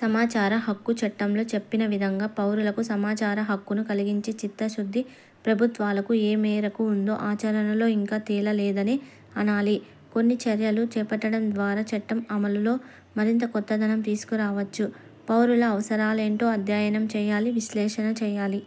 సమాచార హక్కు చట్టంలో చెప్పిన విధంగా పౌరులకు సమాచార హక్కును కలిగించే చిత్తశుద్ధి ప్రభుత్వాలకు ఏమేరకు ఉందో ఆచరణలో ఇంకా తేల లేదనే అనాలి. కొన్ని చర్యలు చేపట్టడం ద్వారా చట్టం అమలులో మరింత కొత్తదనం తీసుకురావచ్చు. పౌరుల అవసరాలేంటో అధ్యయనం చేయాలి, విశ్లేషణ చేయాలి.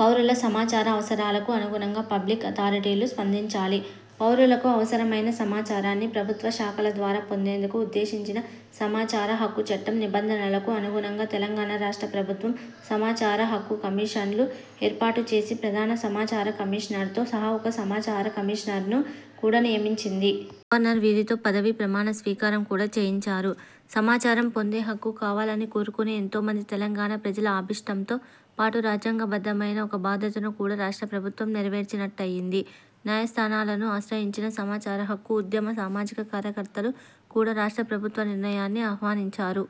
పౌరుల సమాచార అవసరాలకు అనుగుణంగా పబ్లిక్ అథారిటీలు స్పందించాలి. పౌరులకు అవసరమైన సమాచారాన్ని ప్రభుత్వ శాఖల ద్వారా పొందేందుకు ఉద్దేశించిన సమాచార హక్కు చట్టం నిబంధనలకు అనుగుణంగా, తెలంగాణ రాష్ట్ర ప్రభుత్వం సమాచార హక్కు కమిషన్ను ఏర్పాటుచేసి, ప్రధాన సమాచార కమిషనర్తో సహా ఒక సమాచార కమిషనర్ను కూడా నియమించింది. గవర్నర్ వీరితో పదవీ ప్రమాణ స్వీకారం కూడా చేయించారు. సమాచారం పొందే హక్కు కావాలని కోరుకునే ఎంతోమంది తెలంగాణ ప్రజల అభీష్టంతో పాటు రాజ్యాంగ బద్ధమైన ఒక బాధ్యతను కూడా రాష్ట్ర ప్రభుత్వం నేరవేర్చినట్లయింది. న్యాయ స్థానాలను ఆశ్రయించిన సమాచార హక్కు ఉద్యమ సామాజిక కార్యకర్తలు కూడా రాష్ట్ర ప్రభుత్వ నిర్ణయాన్ని ఆహ్వానించారు.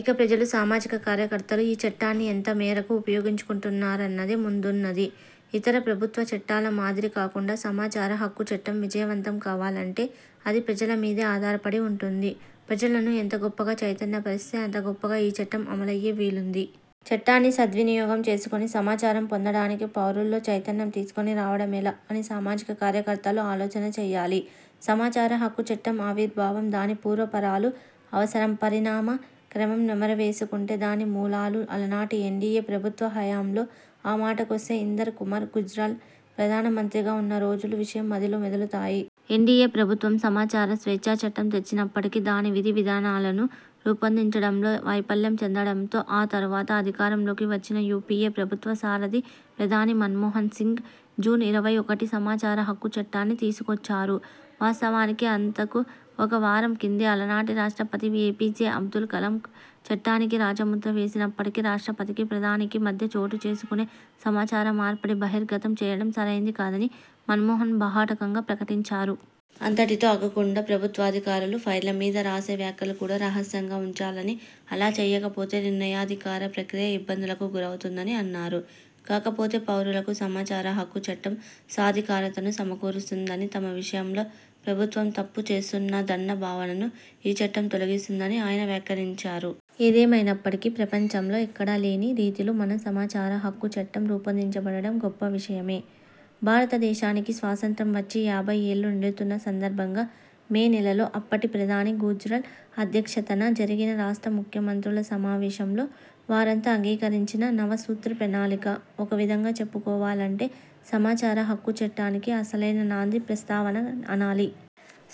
ఇక ప్రజలు, సామాజిక కార్యకర్తలు ఈ చట్టాన్ని ఎంతమేరకు ఉపయోగించుకుంటారన్నదే ముందున్నది! ఇతర ప్రభుత్వ చట్టాల మాదిరి కాకుండా, సమాచార హక్కు చట్టం విజయవంతం కావాలంటే, అది ప్రజల మీదే ఆధారపడి వుంటుంది. ప్రజలను ఎంత గొప్పగా చైతన్య పరిస్తే, అంత గొప్పగా ఈ చట్టం అమలయ్యే వీలుంది. చట్టాన్ని సద్వినియోగం చేసుకుని సమాచారం పొందడానికి పౌరుల్లో చైతన్యం తీసుకుని రావడమెలా అని సామాజిక కార్యకర్తలు ఆలోచన చేయాలి. సమాచార హక్కు చట్టం ఆవిర్భావం, దాని పూర్వాపరాలు, అవసరం, పరిణామ క్రమం నెమరేసుకుంటే, దాని మూలాలు, అలనాటి ఎన్డీయే ప్రభుత్వ హయాంలో, ఆ మాటకొస్తే, ఇందర్ కుమార్ గుజ్రాల్ ప్రధాన మంత్రిగా వున్న రోజుల విషయం మదిలో మెదలుతాయి. ఎన్డీయే ప్రభుత్వం సమాచార స్వేచ్ఛ చట్టం తెచ్చినప్పటికీ, దాని విధి, విధానాలను రూపొందించడంలో వైఫల్యం చెందడంతో, ఆ తరువాత అధికారంలోకి వచ్చిన యూపీఏ ప్రభుత్వ సారథి ప్రధాని మన్మోహన్ సింగ్ జూన్ ఇరవై ఒకటిన సమాచార హక్కు చట్టాన్ని తీసుకొచ్చారు. వాస్తవానికి, అంతకు ఒక వారం కిందే అలనాటి రాష్ట్రపతి ఏపీజే అబ్దుల్ కలాం చట్టానికి రాజముద్ర వేసినప్పటికీ, రాష్ట్రపతికీ, ప్రధానికీ మధ్య చోటు చేసుకునే 'సమాచార మార్పిడి' బహిర్గతం చేయడం సరైంది కాదని మన్మోహన్ బాహాటంగా ప్రకటించారు. అంతటితో ఆగకుండా, ప్రభుత్వాధికారులు ఫైళ్ళ మీద రాసే వ్యాఖ్యలు కూడా రహస్యంగా ఉంచాలనీ, అలా చేయకపోతే, నిర్ణయాధికార ప్రక్రియ ఇబ్బందులకు గురవుతుందనీ అన్నారు. కాకపొతే, పౌరులకు సమాచారహక్కు చట్టం సాధికారతను సమకూరుస్తుందనీ, తమ విషయం లో ప్రభుత్వం తప్పు చేస్తున్నదన్న భావనను ఈ చట్టం తొలగిస్తుందనీ ఆయన వ్యాఖ్యానించారు. ఏదేమైనప్పటికీ ప్రపంచంలో ఎక్కడా లేని రీతిలో మన సమాచార హక్కు చట్టం రూపొందించబడడం గొప్ప విషయమే! భారత దేశానికి స్వాతంత్ర్యం వచ్చి యాభై ఏళ్లు నిండుతున్న సందర్భంగా మే నెలలో, అప్పటి ప్రధాని గుజ్రాల్ అధ్యక్షతన జరిగిన రాష్ట్ర ముఖ్యమంత్రుల సమావేశంలో, వారంతా అంగీకరించిన 'నవ సూత్ర ప్రణాళిక', ఒక విధంగా చెప్పుకోవాలంటే, సమాచారహక్కు చట్టానికి అసలైన నాందీ ప్రస్తావన అనాలి.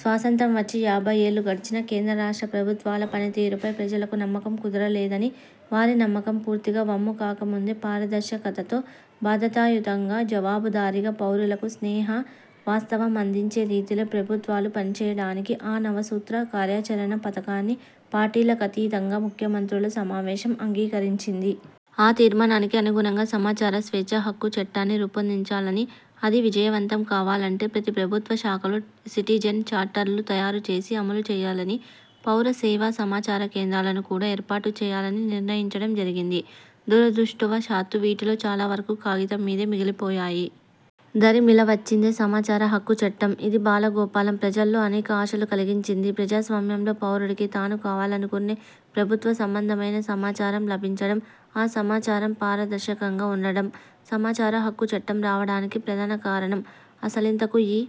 స్వాతంత్ర్యం వచ్చి యాభై ఏళ్లు గడిచినా, కేంద్ర, రాష్ట్ర ప్రభుత్వాల పని తీరుపై ప్రజలకు నమ్మకం కుదరలేదనీ, వారి నమ్మకం పూర్తిగా వమ్ము కాకముందే, పారదర్శకతతో, బాధ్యతాయుతంగా, జవాబు దారీగా, పౌరులకు స్నేహ హస్తం అందించే రీతిలో ప్రభుత్వాలు పనిచేయడానికి ఆ నవసూత్ర కార్యాచరణ పథకాన్ని పార్టీలకతీతంగా ముఖ్యమంత్రుల సమావేశం అంగీకరించింది. ఆ తీర్మానానికి అనుగుణంగా సమాచార స్వేచ్ఛ హక్కు చట్టాన్ని రూపొందించాలనీ, అది విజయవంతం కావాలంటే, ప్రతి ప్రభుత్వ శాఖలో సిటిజెన్ చార్టర్లు తయారు చేసి అమలు చేయాలనీ, పౌర సేవా, సమాచార కేంద్రాలను కూడా ఏర్పాటు చేయాలనీ నిర్ణయించడం జరిగింది. దురదృష్టవశాత్తూ వీటిలో చాలా వరకు కాగితం మీదే మిగిలిపోయాయి. దరిమిలా వచ్చిందే సమాచార హక్కు చట్టం. ఇది ఆబాలగోపాలం ప్రజల్లో అనేక ఆశలు కలిగించింది. ప్రజాస్వామ్యంలో పౌరుడికి, తాను కావాలనుకునే ప్రభుత్వ సంబంధమైన సమాచారం లభించడం, ఆ సమాచారం పారదర్శకంగా వుండడం సమాచార హక్కు చట్టం రావడానికి ప్రధాన కారణం. అసలింతకూ ఈ